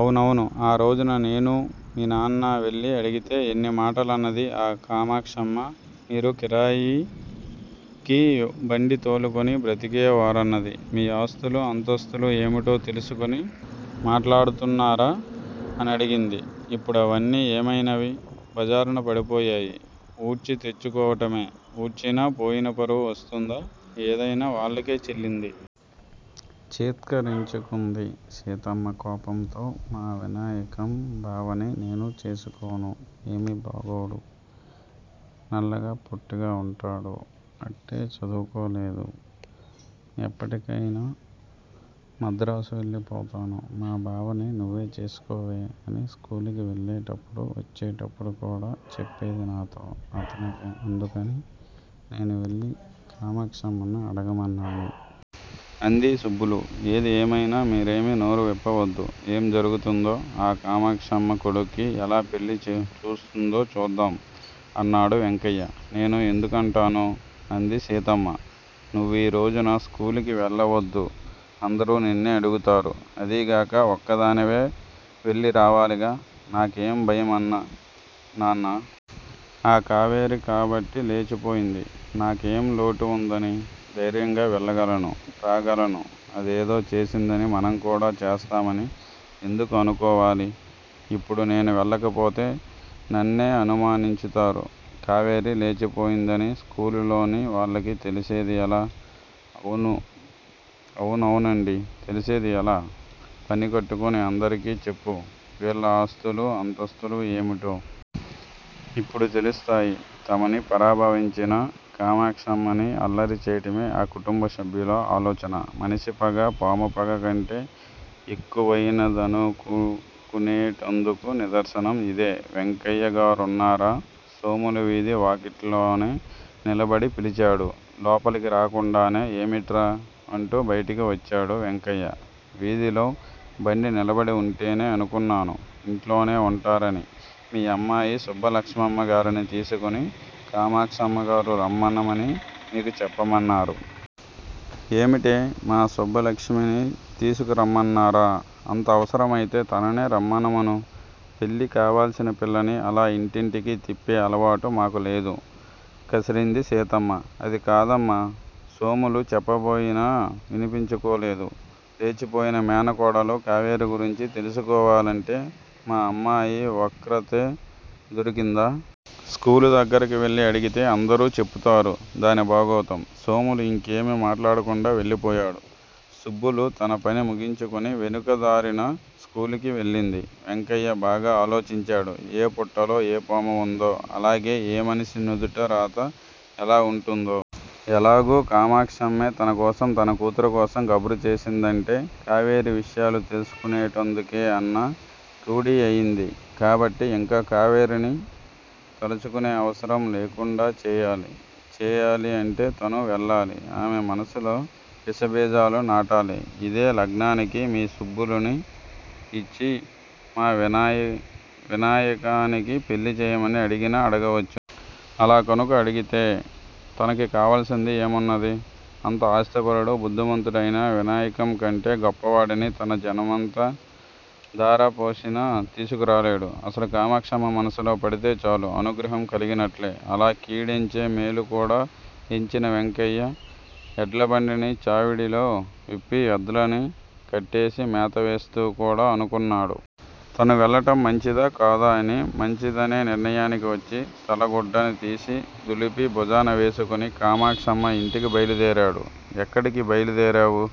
అవునవును! ఆరోజున నేనూ, మీనాన్నా వెళ్ళి అడిగితే ఎన్ని మాటలన్నది ఆ కామాక్షమ్మ? మీరు కిరాయికి బండితోలుకుని బ్రతికేవారన్నది. మీ ఆస్తులు అంతస్తులూ ఏమిటో తెలుసుకుని మాట్లాడుతున్నారా? అనడిగింది. ఇప్పుడవన్నీ ఏమయినవి? బజారున పడిపోయాయి! ఊడ్చి తెచ్చుకోవటమే! ఊడ్చినా పోయినపరువు వస్తుందా? ఏదయినా వాళ్ళకే చెల్లింది! ఛీత్కరించుకుంది సీతమ్మ కోపంతో! మా వినాయకం బావని నేను చేసుకోను! ఏమీ బాగోడు! నల్లగా పొట్టిగా వుంటాడు. అట్టే చదువుకోలేదు! ఎప్పటికయినా మద్రాసు వెళ్ళి పోతాను. మా బావని నువ్వే చేసుకోవే! అని స్కూలుకి వెళ్ళేటప్పుడు వచ్చేటప్పుడుకూడా చెప్పేది నాతో! అందుకని నేనువెళ్ళి కామాక్షమ్మను అడగమన్నాను! అంది సుబ్బులు! ఏది ఏమయినా మీరేమీ నోరు విప్పవద్దు! ఏం జరుగుతుందో? ఆ కామాక్షమ్మ కొడుక్కి ఎలా పెళ్ళి చూస్తుందో చూద్దాం! అన్నాడు వెంకయ్య. నేను ఎందుకంటాను? అంది సీతమ్మ. నువ్వీరోజున స్కూలుకి వెళ్ళవద్దు! అందరూ నిన్నే అడుగుతారు. అదీగాక ఒక్కదానివే వెళ్ళిరావాలిగా? నాకేం భయంనాన్నా? ఆ కావేరికాబట్టి లేచిపోయింది. నాకేం లోటు వుందని? ధైర్యంగా వెళ్ళగలనూ, రాగలను! అదేదో చేసిందని మనంకూడా చేస్తామని ఎందుకు అనుకోవాలి? యిప్పుడు నేను వెళ్ళకపోతే నన్నే అనుమానించుతారు! కావేరి లేచిపోయిందని స్కూలులోని వాళ్ళకి తెలిసేది ఎలా? అవునవునండీ! తెలిసేది ఎలా? పనికట్టుకుని అందరికీ చెప్పు! వీళ్ళ ఆస్తులూ అంతస్తులూ ఏమిటో? ఇప్పుడు తెలుస్తాయి. తమని పరాభావించిన కామాక్షమ్మని అల్లరి చేయటమే ఆ కుటుంబ సభ్యుల ఆలోచన! మనిషి పగ పాము పగ కంటే ఎక్కువయినదనుకునేటందుకు నిదర్శనం యిదే! వెంకయ్యగారున్నారా? సోములు వీధి వాకిట్లోనే నిలబడి పిలిచాడు లోపలికి రాకుండానే? ఏమిట్రా? అంటూ బైటికి వచ్చాడు వెంకయ్య. వీధిలో బండి నిలబడి వుంటేనే అనుకున్నాను యింట్లోనే వుంటారని మీ అమ్మాయి సుబ్బలక్ష్మమ్మ గారిని తీసుకుని కామాక్షమ్మగారు రమ్మనమని మీకు చెప్పమన్నారు! ఏమిటే? మా సుబ్బలక్ష్మిని తీసుకురమ్మన్నారా? అంత అవసరం అయితే తననే రమ్మనమను! పెళ్ళి కావాలసిన పిల్లని అలా ఇంటింటికీ తిప్పే అలవాటు మాకులేదు! కసిరింది సీతమ్మ. అది కాదమ్మా! సోములు చెప్పబోయినా వినిపించుకోలేదు. లేచిపోయిన మేనకోడలు కావేరి గురించి తెలుసుకోవాలంటే మా అమ్మాయి ఒక్రతే దొరికిందా? స్కూలు దగ్గరకు వెళ్ళి అడిగితే అందరూ చెప్పుతారు దాని బాగోతం! సోములు యింకేమీ మాట్లాడకుండా వెళ్ళిపోయాడు. సుబ్బులు తన పని ముగించుకుని వెనుక దారిన స్కూలుకి వెళ్ళింది. వెంకయ్య బాగా ఆలోచించాడు ఏ పుట్టలో ఏ పాము వుందో? అలాగే ఏ మనిషి నుదుట రాత ఎలా వుంటుందో? ఎలాగూ కామాక్షమ్మే తన కోసం తన కూతురు కోసం కబురు చేసిందంటే కావేరి విషయాలు తెలుసుకునేటందుకే! అన్న రూఢీ అయింది కాబట్టి యింక కావేరిని తలుచుకునే అవసరం లేకుండా చేయాలి! చేయాలీ అంటే తను వెళ్ళాలి! ఆమె మనసులో విష బీజాలు నాటాలి? యిదే లగ్నానికి మీ సుబ్బులుని యిచ్చి మా వినాయకానికి పెళ్ళి చేయమని అడిగినా అడగవచ్చును! అలా కనుక అడిగితే తనకి కావలసింది ఏమున్నది? అంత ఆస్థిపరుడు బుద్దిమంతుడయిన వినాయకం కంటే గొప్పవాడిని తన జనమంతా ధారాపోసినా తీసుకురాలేడు. అసలు కామాక్షమ్మ మనసులో పడితే చాలు! అనుగ్రహం కలిగినట్లే! అలా కీడెంచి మేలు కూడా ఎంచిన వెంకయ్య ఎడ్ల బండిని చావిడిలో విప్పి ఎద్లని కట్టేసి మేత వేస్తూ కూడా అనుకున్నాడు. తను వెళ్ళటం మంచిదా? కాదా? అని! మంచిదనే నిర్ణయానికి వచ్చి తలగుడ్దని తీసి దులిపి భుజాన వేసుకుని కామాక్షమ్మ యింటికి బయలుదేరాడు. ఎక్కడికీ బయలుదేరావు